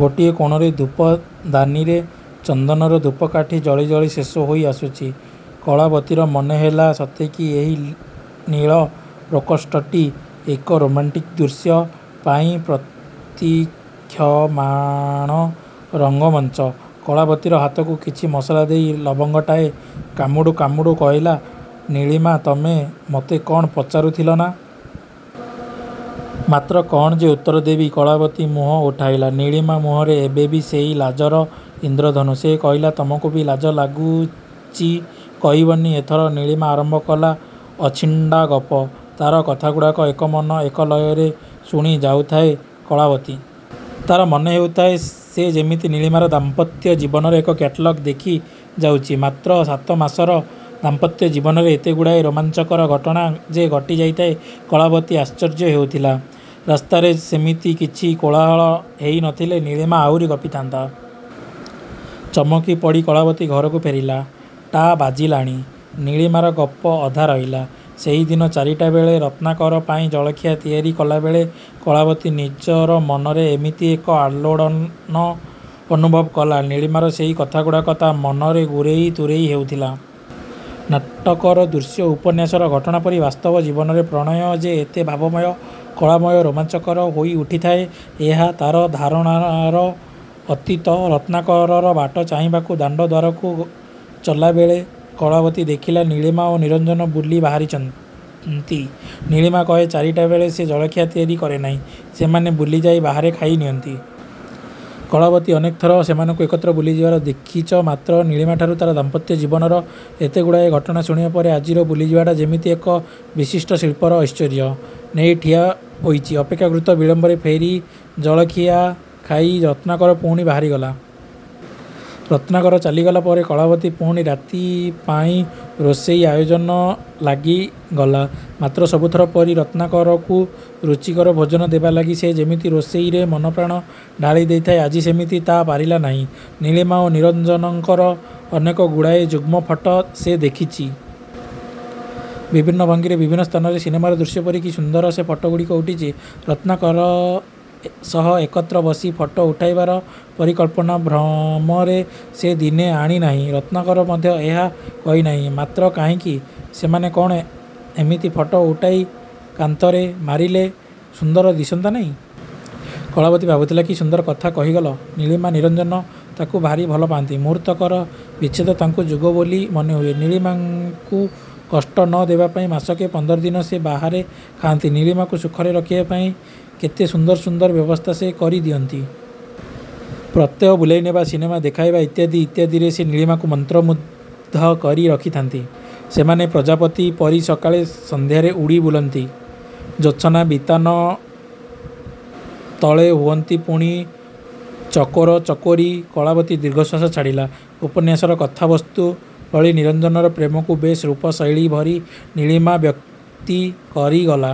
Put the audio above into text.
ଗୋଟିଏ କୋଣରେ ଧୂପଦାନୀରେ, ଚନ୍ଦନର ଧୂପକାଠି ଜଳିଜଳି ଶେଷ ହୋଇ ଆସୁଚି। କଳାବତୀର ମନେହେଲା ସତେକି ଏଇ ନୀଳ ପ୍ରକୋଷ୍ଠଟି ଏକ ରୋମାଣ୍ଟିକ୍ ଦୃଶ୍ୟ ପାଇଁ ପ୍ରତୀକ୍ଷମାଣ ରଙ୍ଗମଞ୍ଚ। କଳାବତୀର ହାତକୁ କିଛି ମସଲା ଦେଇ, ଲବଙ୍ଗଟିଏ କାମୁଡ଼ୁ କାମୁଡ଼ୁ କହିଲା ନୀଳିମା–ତମେ ମତେ କ'ଣ ପଚାରୁଥିଲ ନା? ମାତ୍ର କ'ଣ ଯେ ଉତ୍ତର ଦେବି। କଳାବତୀ ମୁହଁ ଉଠାଇଲା–! ନୀଳିମା ମୁହଁରେ ଏବେ ବି ସେଇ ଲାଜର ଇନ୍ଦ୍ରଧନୁ। ସେ କହିଲା–ତମକୁ ବି ଲାଜ ଲାଗୁଚି! କହିବନି? ଏଥର ନୀଳିମା ଆରମ୍ଭ କଲା ଅଛିଣ୍ଡାଗପ…। ତା'ର କଥାଗୁଡ଼ାକ ଏକମନ, ଏକଲୟରେ ଶୁଣି ଯାଉଥାଏ କଳାବତୀ। ତାର ମନେ ହେଉଥାଏ ସେ ଯେମିତି ନିଳୀମାର ଦାମ୍ପତ୍ୟ ଜୀବନର ଏକ କ୍ୟାଟ୍ଲାଗ ଦେଖି ଯାଉଚି। ମାତ୍ର ସାତମାସର ଦାମ୍ପତ୍ୟ ଜୀବନରେ ଏତେଗୁଡ଼ାଏ ରୋମାଂଚକର ଘଟଣା ଯେ' ଘଟିଯାଇଥାଏ, କଳାବତୀ ଆଶ୍ଚର୍ଯ୍ୟ ହେଉଥିଲା। ରାସ୍ତାରେ ସେମିତି କିଛି କୋଳାହଳ ହେଇ ନ ଥିଲେ ନୀଳିମା ଆହୁରି ଗପିଥାନ୍ତା। ଚମକି ପଡ଼ି କଳାବତୀ ଘରକୁ ଫେରିଲା! ଟା ବାଜିଗଲାଣି। ନୀଳିମାର ଗପ ଅଧା ରହିଲା– ସେହିଦିନ ଚାରିଟା ବେଳେ, ରତ୍ନାକର ପାଇଁ ଜଳଖିଆ ତିଆରି କଲାବେଳେ, କଳାବତୀ ନିଜର ମନରେ କେମିତି ଏକ ଆଲୋଡ଼ନ ଅନୁଭବ କଲା। ନୀଳିମାର ସେହି କଥାଗୁଡ଼ାକ, ତା' ମନରେ ଗୁରେଇ ତୁରେଇ ହେଉଥିଲା। ନାଟକର ଦୃଶ୍ୟ, ଉପନ୍ୟାସର ଘଟଣା ପରି, ବାସ୍ତବ ଜୀବନରେ ପ୍ରଣୟ ଯେ ଏତେ ଭାବମୟ, କଳାମୟ, ରୋମାଞ୍ଚକର ହୋଇ ଉଠିଥାଏ ଏହା ତାର ଧାରଣାର ଅତୀତ। ରତ୍ନାକରର ବାଟ ଚାହିଁବାକୁ ଦାଣ୍ଡଦ୍ୱାରକୁ ଚଲାବେଳେ କଳାବତୀ ଦେଖିଲା, ନୀଳିମା ଓ ନିରଞ୍ଜନ ବୁଲି ବାହାରିଚନ୍ତି। ନୀଳିମା କହେ ଚାରିଟା ବେଳେ ସେ ଜଳଖିଆ ତିଆରି କରେ ନାହିଁ, ସେମାନେ ବୁଲିଯାଇ ବାହାରେ ଖାଇ ନିଅନ୍ତି। କଳାବତୀ ଅନେକ ଥର ସେମାନଙ୍କୁ ଏକତ୍ର ବୁଲିଯିବାର ଦେଖିଚ। ମାତ୍ର ନୀଳିମାଠାରୁ ତାର ଦାମ୍ପତ୍ୟ ଜୀବନର ଏତେଗୁଡ଼ାଏ ଘଟଣା ଶୁଣିବା ପରେ, ଆଜିର ବୁଲିଯିବାଟା ଯେମିତି ଏକ ବିଶିଷ୍ଟ ଶିଳ୍ପର ଐଶ୍ୱର୍ଯ୍ୟ ନେଇ ଠିଆ ହୋଇଚି। ଅପେକ୍ଷାକୃତ ବିଳମ୍ବରେ ଫେରି ଜଳଖିଆ ଖାଇ, ରତ୍ନାକର ପୁଣି ବାହାରିଗଲା। ରତ୍ନାକର ଚାଲିଗଲା ପରେ କଳାବତୀ ପୁଣି ରାତି ପାଇଁ ରୋଷେଇ ଆୟୋଜନ ଲାଗିଗଲା। ମାତ୍ର ସବୁ ଥର ପରି ରତ୍ନାକରକୁ ରୁଚିକର ଭୋଜନ ଦେବା ଲାଗି ସେ ଯେମିତି ରୋଷେଇରେ ମନପ୍ରାଣ ଢାଳି ଦେଇଥାଏ, ଆଜି ଯେମିତି ତା' ପାରିଲା ନାହିଁ। ନୀଳିମା ଓ ନିରଞ୍ଜନଙ୍କର ଅନେକଗୁଡ଼ାଏ ଯୁଗ୍ମଫଟ ସେ ଦେଖିଚି। ବିଭିନ୍ନ ଭଙ୍ଗୀରେ, ବିଭିନ୍ନ ସ୍ଥାନରେ। ସିନେମାର ଦୃଶ୍ୟପରି କି ସୁନ୍ଦର ସେ ଫଟଗୁଡ଼ିକ ଉଠିଚି। ରତ୍ନାକର ସହ ଏକତ୍ର ବସି ଫଟ ଉଠାଇବାର ପରିକଳ୍ପନା ଭ୍ରମରେ ସେ ଦିନେ ଆଣି ନାହିଁ। ରତ୍ନାକର ମଧ୍ୟ ଏହା କହିନାହିଁ। ମାତ୍ର କାହିଁକି? ସେମାନେ କ'ଣ ଏମିତି ଫଟ ଉଠାଇ କାନ୍ଥରେ ମାଇଲେ ସୁନ୍ଦର ଦିଶନ୍ତା ନାହିଁ? କଳାବତୀ ଭାବୁଥିଲା–କି ସୁନ୍ଦର କଥା କହିଗଲା ନୀଳିମା–ନିରଞ୍ଜନ ତାକୁ ଭାରି ଭଲ ପାଆନ୍ତି। ମୁହୂର୍ତ୍ତକର ବିଚ୍ଛେଦ ତାଙ୍କୁ ଯୁଗ ବୋଲି ମନେହୁଏ। ନୀଳିମାକୁ କଷ୍ଟ ନ ଦେବା ପାଇଁ ମାସକେ ପନ୍ଦର ଦିନ ସେ ବାହାରେ ଖାଆନ୍ତି। ନୀଳିମାକୁ ସୁଖରେ ରଖିବା ପାଇଁ କେତେ ସୁନ୍ଦର ସୁନ୍ଦର ବ୍ୟବସ୍ଥା ସେ କରି ଦିଅନ୍ତି। ପ୍ରତ୍ୟେହ ବୁଲେଇ ନେବା, ସିନେମା ଦେଖାଇବା, ଇତ୍ୟାଦି ଇତ୍ୟାଦିରେ ସେ ନୀଳିମାକୁ ମନ୍ତ୍ର ମୁଗ୍ଧ କରି ରଖିଥାନ୍ତି। ସେମାନେ ପ୍ରଜାପତିପରି ସକାଳେ ସନ୍ଧ୍ୟାରେ ଉଡ଼ି ବୁଲନ୍ତି। ଜୋଛନା ବିତାନ ତଳେ ହୁଅନ୍ତି ପୁଣି ଚକୋର, ଚକୋରୀ। କଳାବତୀ ଦୀର୍ଘଶ୍ଵାସ ଛାଡ଼ିଲା। ଉପନ୍ୟାସର କଥାବସ୍ତୁ ଭଳି ନିରଞ୍ଜନର ପ୍ରେମକୁ ବେଶ ରୂପ ଶୈଳୀ ଭରି ନୀଳିମା ବ୍ୟକ୍ତି କରିଗଲା।